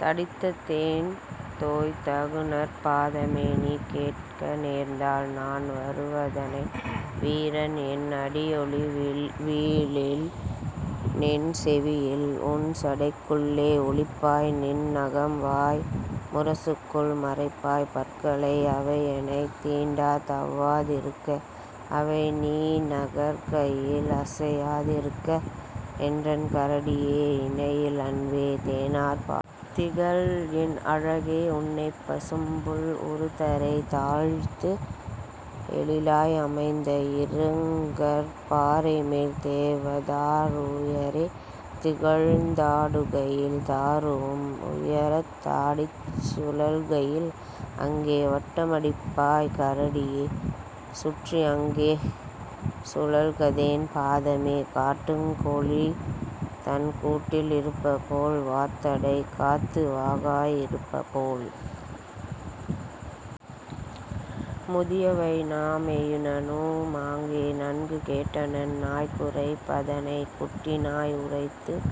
தடித்த தேன்தோய் தகுநற் பாதமே! நீகேட்க நேர்ந்தால் நான்வரு வதனை வீரன்என் அடியொலி வீழில்நின் செவியில் உன்சடைக் குள்ளே ஒளிப்பாய் நின்நகம் வாய்முர சுக்குள் மறைப்பாய் பற்களை அவையெனைத் தீண்டா தவ்வா றிருக்க அவைநீ நகர்கையில் அசையா திருக்க! என்றன் கரடியே, இணையில் அன்பே! தேனார் பாதமே. திகழ்என் அழகே! உன்னைப் பசும்புல் உறுதரைத் தாழ்த்து எழிலாய் அமைந்த இருங்கற் பாறைமேல் தேவதா ருயரே திகழ்ந் தாடுகையில் தாருவும் உயரத் தாடிச் சுழல்கையில்; அங்கே வட்ட மடிப்பாய் கரடியே, சுற்றி அங்கே சுழல்கதேன் பாதமே, காட்டுக் கோழிதன் கூட்டில் இருப்பபோல் வாத்தடை காத்து வாகா யிருப்பபோல். " முதிய வைனா மொயினனு மாங்கே நன்கு கேட்டனன் நாய்குரைப் பதனை குட்டிநாய் உரத்துக்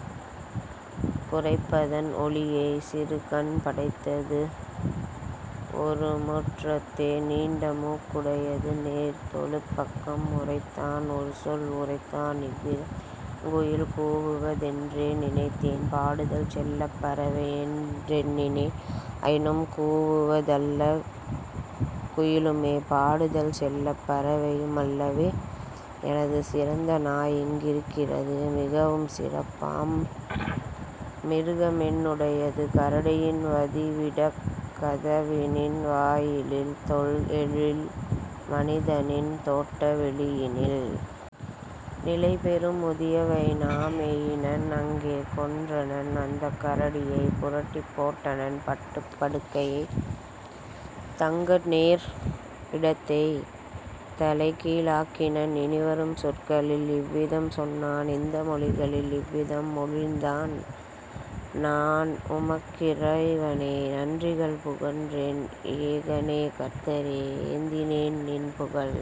குரைப்பதன் ஒலியை சிறுகண் படைத்தது ஒருமுற் றத்தே நீண்டமூக் குடையது நேர்த்தொழுப் பக்கம் உரைத்தான் ஒருசொல் உரைத்தான் இவ்விதம்: "இருங்குயில் கூவுவ தென்றே நினைத்தேன் பாடுதல் செல்லப் பறவையென் றெண்ணினேன் ஆயினும் கூவுவ தல்லக் குயிலுமே பாடுதல் செல்லப் பறவையு மல்லவே; எனது சிறந்தநாய் இங்கிருக் கிறது மிகவும் சிறப்பாம் மிருகமென் னுடையது கரடியின் வதிவிடக் கதவினின் வாயிலில் தொல்எழில் மனிதனின் தோட்ட வெளியினில். " நிலைபெறும் முதிய வைனா மொயினன் அங்கே கொன்றனன் அந்தக் கரடியை புரட்டிப் போட்டனன் பட்டுப் படுக்கையை தங்கநேர் இடத்தைத் தலைக்கீ ழாக்கினன் இனிவரும் சொற்களில் இவ்விதம் சொன்னான் இந்த மொழிகளில் இவ்விதம் மொழிந்தான்: "நான்உமக் கிறைவனே, நன்றிகள் புகன்றேன்! ஏகனே, கர்த்தரே, ஏத்தினேன் நின்புகழ்!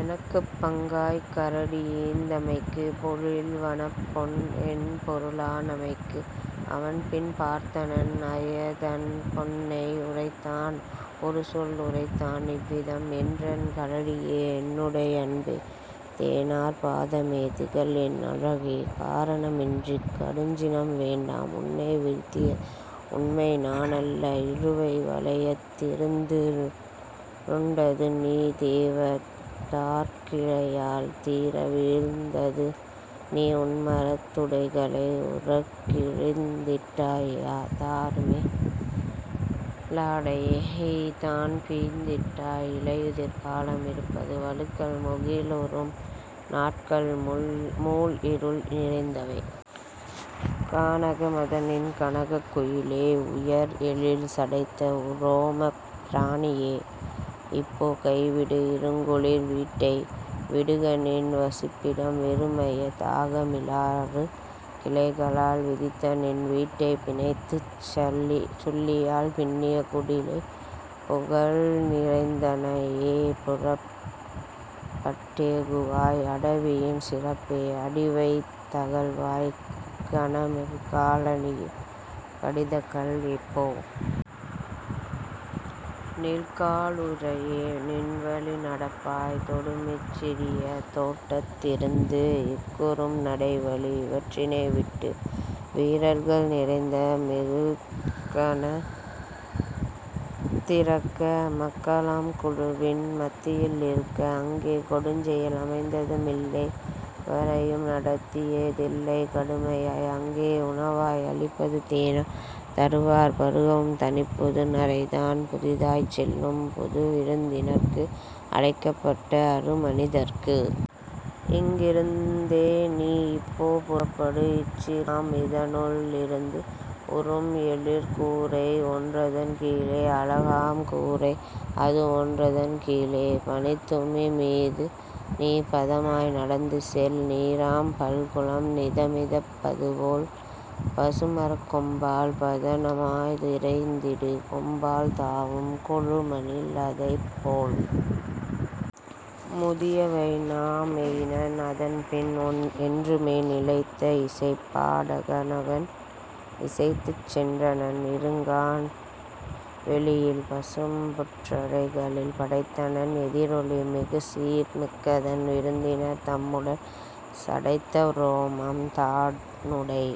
எனக்குப் பங்காய்க் கரடிஈந் தமைக்கு பொழில்வனப் பொன்என் பொருளா னமைக்கு! " அவன்பின் பார்த்தனன் அயதன் பொன்னை உரைத்தான் ஒருசொல் உரைத்தான் இவ்விதம்: "என்றன் கரடியே, என்னுடை அன்பே! தேனார் பாதமே, திகழ்என் அழகே! காரண மின்றிக் கடுஞ்சினம் வேண்டாம் உன்னைவீழ்த் தியது உண்மைநா னல்ல இழுவை வளையத் திருந்துருண் டதுநீ தேவதார்க் கிளையால் தீரவீழ்ந் ததுநீ உன்மரத் துடைகளை உறக்கிழித் திட்டாய் தாருமே லாடையைத் தான்பிய்த் திட்டாய்; இலையுதிர் காலம் இருப்பது வழுக்கல் முகிலுறும் நாட்கள் மூள்இருள் நிறைந்தவை. கானக மதனின் கனகக் குயிலே! உயர்எழில் சடைத்த உரோமப் பிராணியே! இப்போ கைவிடு இருங்குளிர் வீட்டை விடுகநின் வசிப்பிடம் வெறுமைய தாக மிலாறுக் கிளைகளால் விதித்தநின் வீட்டை பிணைத்துச் சுள்ளியால் பின்னிய குடிலை; புகழ்நிறைந் தனையே, புறப்பட் டேகுவாய்! அடவியின் சிறப்பே, அடிவைத் தகல்வாய்! கனமில்கா லணியே, கடிதகல் இப்போ! நீல்க்கா லுறையே, நின்வழி நடப்பாய்! தொடுமிச் சிறிய தோட்டத் திருந்து இக்குறும் நடைவழி இவற்றினை விட்டு வீரர்கள் நிறைந்த மிகுகணத் திருக்க, மக்களாம் குழுவின் மத்தியில் இருக்க. அங்கே கொடுஞ்செயல் அமைந்தது மில்லை எவரையும் நடத்திய தில்லைக் கடுமையாய்: அங்கே உணவாய் அளிப்பது தேனாம் தருவார் பருகவும் தனிப்புது நறைதான் புதிதாய்ச் செல்லும் புதுவிருந் தினர்க்கு அழைக்கப்பட்ட அருமனி தர்க்கு! இங்கிருந் தேநீ இப்போ புறப்படு இச்சிறு குகையாம் இதனுள் ளிருந்து உறும்எழிற் கூரை ஒன்றதன் கீழே அழகாம் கூரை அதுஒன் றதன்கீழ்; பனித்துமி மீதுநீ பதமாய் நடந்துசெல் நீராம் பல்குளம் நிதமிதப் பதுபோல், பசுமரக் கொம்பால் பதனமாய் விரைந்திடு கொம்பால் தாவும் கொழுமணி லதைப்போல். " முதிய வைனா மொயினன் அதன்பின் என்றுமே நிலைத்த இசைப்பா டகனவன் இசைத்துச் சென்றனன் இருங்கான் வெளியில் பசும்புற் றரைகளில் படைத்தனன் எதிரொலி மிகுசீர் மிக்கதன் விருந்தினர் தம்முடன் சடைத்த உரோமம் தானுடை